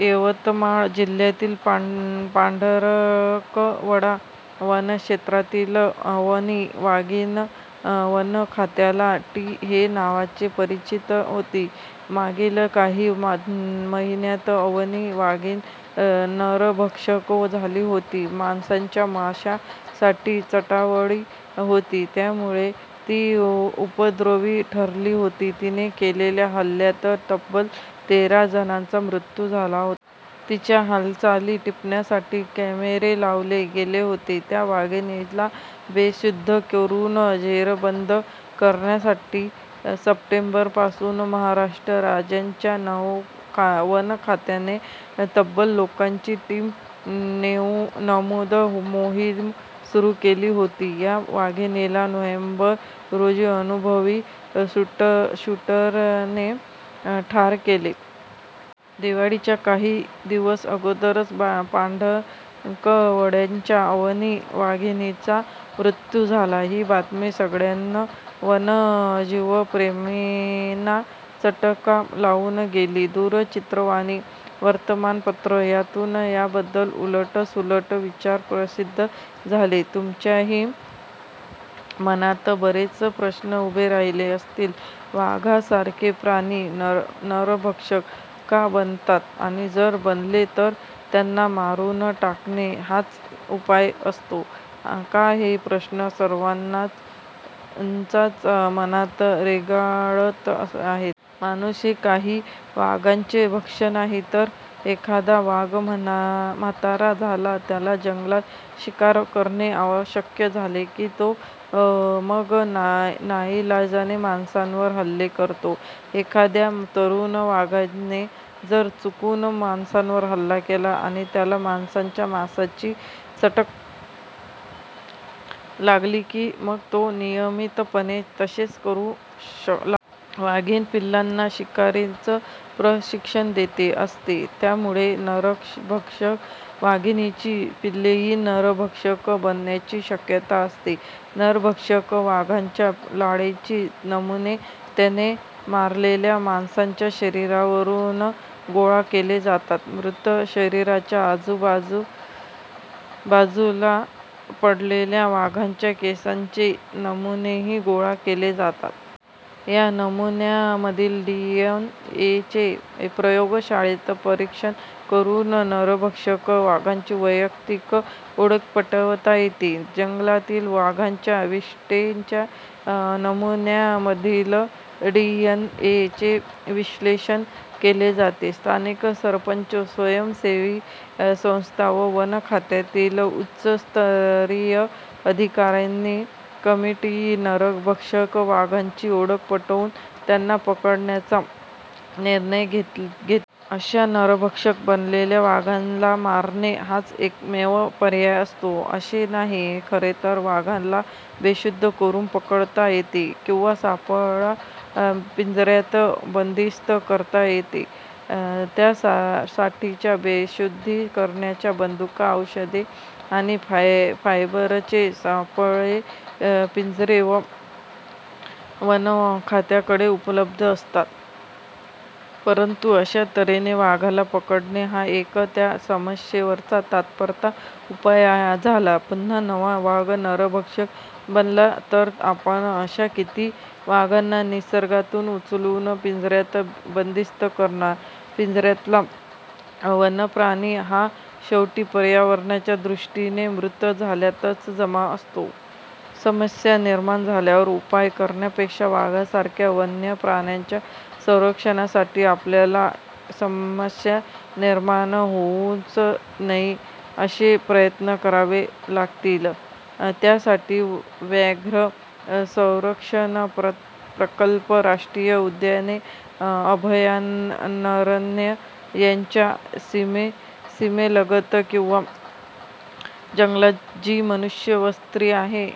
यवतमाळ जिल्यातील पांढरकवडा वनक्षेत्रातील अवनी वाघीण वनखात्याला 'टी- ' हे नावाने परिचित होती. मागील काही महिन्यांत अवनी वाघीण नरभक्षक झाली होती. माणसाच्या मांसासाठी चटावली होती. त्यामुळे ती उपद्रवी ठरली होती. तिने केलेल्या हल्ल्यात तब्बल तेरा जणांचा मृत्यू झाला होता. तिच्या हालचाली टिपण्यासाठी कॅमेरे लावले गेले होते. त्या वाघिणीला बेशुद्ध करुन जेरबंद करण्यासाठी सप्टेंबरपासून महाराष्ट्र राज्याच्या वनखात्याने तब्बल लोकांची टीम नेमून मोहीम सुरू केली होती. या वाघिणीला नोव्हेंबर रोजी अनुभवी शूटरने ठार केले. दिवाळीच्या काही दिवस अगोदरच पांढरकवड्याच्या अवनी वाघिणीचा मृत्यू झाला. ही बातमी सगळ्याच वन्यजीवप्रेमींना चटका लावून गेली. दूरचित्रवाणी, वर्तमानपत्र यांतून याबद्दल उलटसुलट विचार प्रसिद्ध झाले. तुमच्याही मनात बरेच प्रश्न उभे राहिले असतील. वाघासारखे प्राणी नरभक्षक का बनतात, आणि जर बनले तर त्यांना मारून टाकणे हाच उपाय असतो का- हे प्रश्न सर्वांच्याच मनात रेंगाळत आहेत. माणूस हे काही वाघाचे भक्ष नाही. जर एखादा वाघ म्हातारा झाला, त्याला जंगलात शिकार करणे अशक्य झाले की तो मग नाईलाजाने माणसावर हल्ले करतो. एखाद्या तरुण वाघाने जर चुकून माणसावर हल्ला केला आणि त्याला माणसाच्या मांसाची चटक लागली की, मग तो नियमितपणे तसेच करू लागतो. वाघीण पिल्लांना शिकारीचं प्रशिक्षण देत असते. त्यामुळे नरभक्षक वाघिणीची पिल्लेही नरभक्षक बनण्याची शक्यता असते. नरभक्षक वाघाच्या लाळेचे नमुने त्याने मारलेल्या माणसाच्या शरीरावरून गोळा केले जातात. मृत शरीराच्या आजूबाजूला पडलेल्या वाघाच्या केसांचे नमुनेही गोळा केले जातात. या नमुन्यांमधील डी. एन. ए. चे प्रयोगशाळेत परीक्षण करून नरभक्षक वाघाची वैयक्तिक ओळख पटवता येते. जंगलातील वाघांच्या विष्ठेच्या नमुन्यांमधील डी. एन. ए. चे विश्लेषण केले जाते. स्थानिक सरपंच, स्वयंसेवी संस्था व वनखात्यातील उच्चस्तरीय अधिका-यांची कमिटी नरभक्षक वाघाची ओळख पटवून त्याला पकडण्याचा निर्णय घेते. अशा नरभक्षक बनलेल्या वाघाला मारणे हाच एकमेव पर्याय असतो असे नाही, खरेतर. वाघाला बेशुद्ध करून पकडता येते किंवा सापळा पिंज-यात बंदिस्त करता येते. त्यासाठीच्या बेशुद्धीकरणाच्या बंदुका, औषधे आणि फायबरचे सापळे, पिंजरे वनखात्याकडे उपलब्ध असतात. परंतु अशा त-हेने वाघाला पकडणे हा एक त्या समस्येवरचा तात्पुरता उपाय झाला. पुन्हा नवा वाघ नरभक्षक बनला तर आपण अशा किती वाघांना निसर्गातून उचलून पिंज-यात बंदिस्त करणार? पिंज-यातला वन्यप्राणी हा शेवटी पर्यावरणाच्या दृष्टीने मृत झाल्यातच जमा असतो. समस्या निर्माण झाल्यावर उपाय करण्यापेक्षा वाघासारख्या वन्यप्राण्यांच्या संरक्षणासाठी आपल्याला समस्या निर्माण होऊच नये असे प्रयत्न करावे लागतील. त्यासाठी व्याघ्र संरक्षण प्रकल्प, राष्ट्रीय उद्याने, अभयारण्ये यांच्या सीमेलगत किंवा जंगलात जी मनुष्यवस्ती आहे